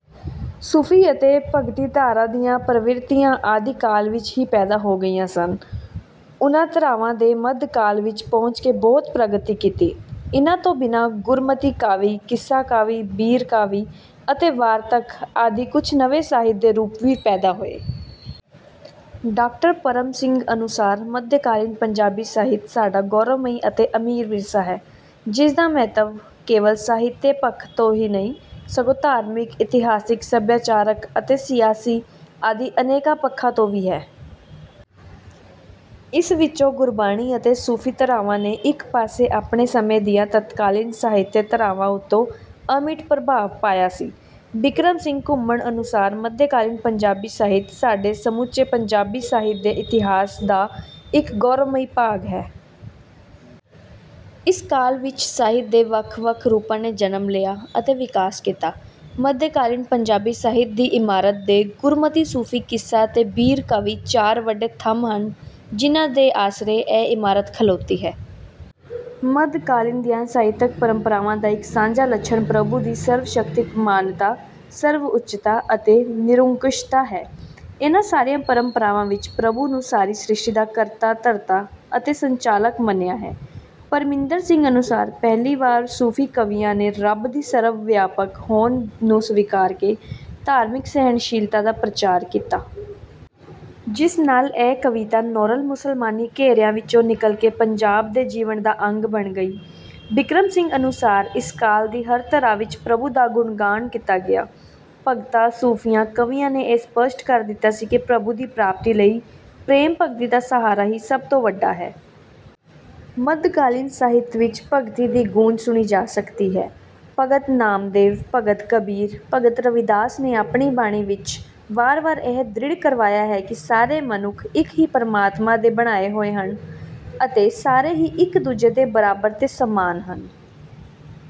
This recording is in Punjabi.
ਸੂਫੀ ਅਤੇ ਭਗਤੀ ਧਾਰਾ ਦੀਆਂ ਪ੍ਰਵਿਰਤੀਆਂ ਆਦਿ ਕਾਲ ਵਿੱਚ ਹੀ ਪੈਦਾ ਹੋ ਗਈਆਂ ਸਨ। ਉਹਨਾਂ ਧਾਰਾਵਾਂ ਨੇ ਮੱਧਕਾਲ ਵਿੱਚ ਪਹੁੰਚ ਕੇ ਬਹੁਤ ਪ੍ਰਗਤੀ ਕੀਤੀ। ਇਹਨਾਂ ਤੋਂ ਬਿਨਾਂ ਗੁਰਮਤਿ ਕਾਵਿ ਕਿੱਸਾ ਕਾਵਿ ਬੀਰ ਕਾਵਿ ਅਤੇ ਵਾਰਤਕ ਆਦਿ ਕੁਝ ਨਵੇਂ ਸਾਹਿਤ ਦੇ ਰੂਪ ਵੀ ਪੈਦਾ ਹੋਏ। ਡਾਕਟਰ ਪਰਮ ਸਿੰਘ ਅਨੁਸਾਰ ਮੱਧਕਾਲੀਨ ਪੰਜਾਬੀ ਸਾਹਿਤ ਸਾਡਾ ਗੌਰਵਮਈ ਅਤੇ ਅਮੀਰ ਵਿਰਸਾ ਹੈ। ਜਿਸ ਦਾ ਮਹੱਤਵ ਕੇਵਲ ਸਾਹਿਤਿਕ ਪੱਖ ਤੋਂ ਹੀ ਨਹੀਂ ਸਗੋਂ ਧਾਰਮਿਕ ਇਤਿਹਾਸਕ ਸੱਭਿਆਚਾਰਕ ਅਤੇ ਸਿਆਸੀ ਆਦਿ ਅਨੇਕਾਂ ਪੱਖਾਂ ਤੋਂ ਵੀ ਹੈ। ਇਸ ਵਿੱਚੋਂ ਗੁਰਬਾਣੀ ਅਤੇ ਸੂਫੀ ਧਾਰਾਵਾਂ ਨੇ ਇੱਕ ਪਾਸੇ ਆਪਣੇ ਸਮੇਂ ਦੀਆਂ ਤਤਕਾਲੀਨ ਸਾਹਿਤਿਕ ਧਾਰਾਵਾਂ ਉੱਤੇ ਅਮਿੱਟ ਪ੍ਰਭਾਵ ਪਾਇਆ ਸੀ। ਬਿਕਰਮ ਸਿੰਘ ਘੁਮਣ ਅਨੁਸਾਰ ਮੱਧਕਾਲੀਨ ਪੰਜਾਬੀ ਸਾਹਿਤ ਸਾਡੇ ਸਮੁੱਚੇ ਪੰਜਾਬੀ ਸਾਹਿਤ ਦੇ ਇਤਿਹਾਸ ਦਾ ਇੱਕ ਗੌਰਵਮਈ ਭਾਗ ਹੈ। ਇਸ ਕਾਲ ਵਿੱਚ ਸਾਹਿਤ ਦੇ ਵੱਖ ਵੱਖ ਰੂਪਾਂ ਨੇ ਜਨਮ ਲਿਆ ਅਤੇ ਵਿਕਾਸ ਕੀਤਾ। ਮੱਧਕਾਲੀਨ ਪੰਜਾਬੀ ਸਾਹਿਤ ਦੀ ਇਮਾਰਤ ਦੇ ਗੁਰਮਤਿ ਸੂਫੀ ਕਿੱਸਾ ਤੇ ਬੀਰ ਕਾਵਿ ਚਾਰ ਵੱਡੇ ਥੰਮ ਹਨ ਜਿਨ੍ਹਾਂ ਦੇ ਆਸਰੇ ਇਹ ਇਮਾਰਤ ਖਲੋਤੀ ਹੈ। ਮੱਧਕਾਲੀਨ ਦੀਆਂ ਸਾਹਿਤਕ ਪਰੰਪਰਾਵਾਂ ਦਾ ਇੱਕ ਸਾਂਝਾ ਲੱਛਣ ਪ੍ਰਭੂ ਦੀ ਸਰਵਸ਼ਕਤੀ ਮਾਨਤਾ ਸਰਵਉੱਚਤਾ ਅਤੇ ਨਿਰੰਕੁਸ਼ਤਾ ਹੈ। ਇਹਨਾਂ ਸਾਰੀਆਂ ਪਰੰਪਰਾਵਾਂ ਵਿੱਚ ਪ੍ਰਭੂ ਨੂੰ ਸਾਰੀ ਸ੍ਰਿਸ਼ਟੀ ਦਾ ਕਰਤਾ ਧਰਤਾ ਅਤੇ ਸੰਚਾਲਕ ਮੰਨਿਆ ਹੈ। ਪਰਮਿੰਦਰ ਸਿੰਘ ਅਨੁਸਾਰ ਪਹਿਲੀ ਵਾਰ ਸੂਫੀ ਕਵੀਆਂ ਨੇ ਰੱਬ ਦੀ ਸਰਵ ਵਿਆਪਕ ਹੋਂਦ ਨੂੰ ਸਵੀਕਾਰ ਕੇ ਧਾਰਮਿਕ ਸਹਿਣਸ਼ੀਲਤਾ ਦਾ ਪ੍ਰਚਾਰ ਕੀਤਾ। ਜਿਸ ਨਾਲ ਇਹ ਕਵਿਤਾ ਨੋਰਲ ਮੁਸਲਮਾਨੀ ਘੇਰਿਆਂ ਵਿੱਚੋਂ ਨਿਕਲ ਕੇ ਪੰਜਾਬ ਦੇ ਜੀਵਨ ਦਾ ਅੰਗ ਬਣ ਗਈ। ਬਿਕਰਮ ਸਿੰਘ ਅਨੁਸਾਰ ਇਸ ਕਾਲ ਦੀ ਹਰ ਧਾਰਾ ਵਿੱਚ ਪ੍ਰਭੂ ਦਾ ਗੁਣਗਾਨ ਕੀਤਾ ਗਿਆ। ਭਗਤਾਂ ਸੂਫੀਆਂ ਕਵੀਆਂ ਨੇ ਇਹ ਸਪੱਸ਼ਟ ਕਰ ਦਿੱਤਾ ਸੀ ਕਿ ਪ੍ਰਭੂ ਦੀ ਪ੍ਰਾਪਤੀ ਲਈ ਪ੍ਰੇਮ ਭਗਤੀ ਦਾ ਸਹਾਰਾ ਹੀ ਸਭ ਤੋਂ ਵੱਡਾ ਹੈ। ਮੱਧਕਾਲੀਨ ਸਾਹਿਤ ਵਿੱਚ ਭਗਤੀ ਦੀ ਗੂੰਜ ਸੁਣੀ ਜਾ ਸਕਦੀ ਹੈ। ਭਗਤ ਨਾਮਦੇਵ ਭਗਤ ਕਬੀਰ ਭਗਤ ਰਵਿਦਾਸ ਨੇ ਆਪਣੀ ਬਾਣੀ ਵਿੱਚ ਵਾਰ ਵਾਰ ਇਹ ਦ੍ਰਿੜ੍ਹ ਕਰਵਾਇਆ ਹੈ ਕਿ ਸਾਰੇ ਮਨੁੱਖ ਇੱਕ ਹੀ ਪ੍ਰਮਾਤਮਾ ਦੇ ਬਣਾਏ ਹੋਏ ਹਨ ਅਤੇ ਸਾਰੇ ਹੀ ਇੱਕ ਦੂਜੇ ਦੇ ਬਰਾਬਰ ਤੇ ਸਮਾਨ ਹਨ।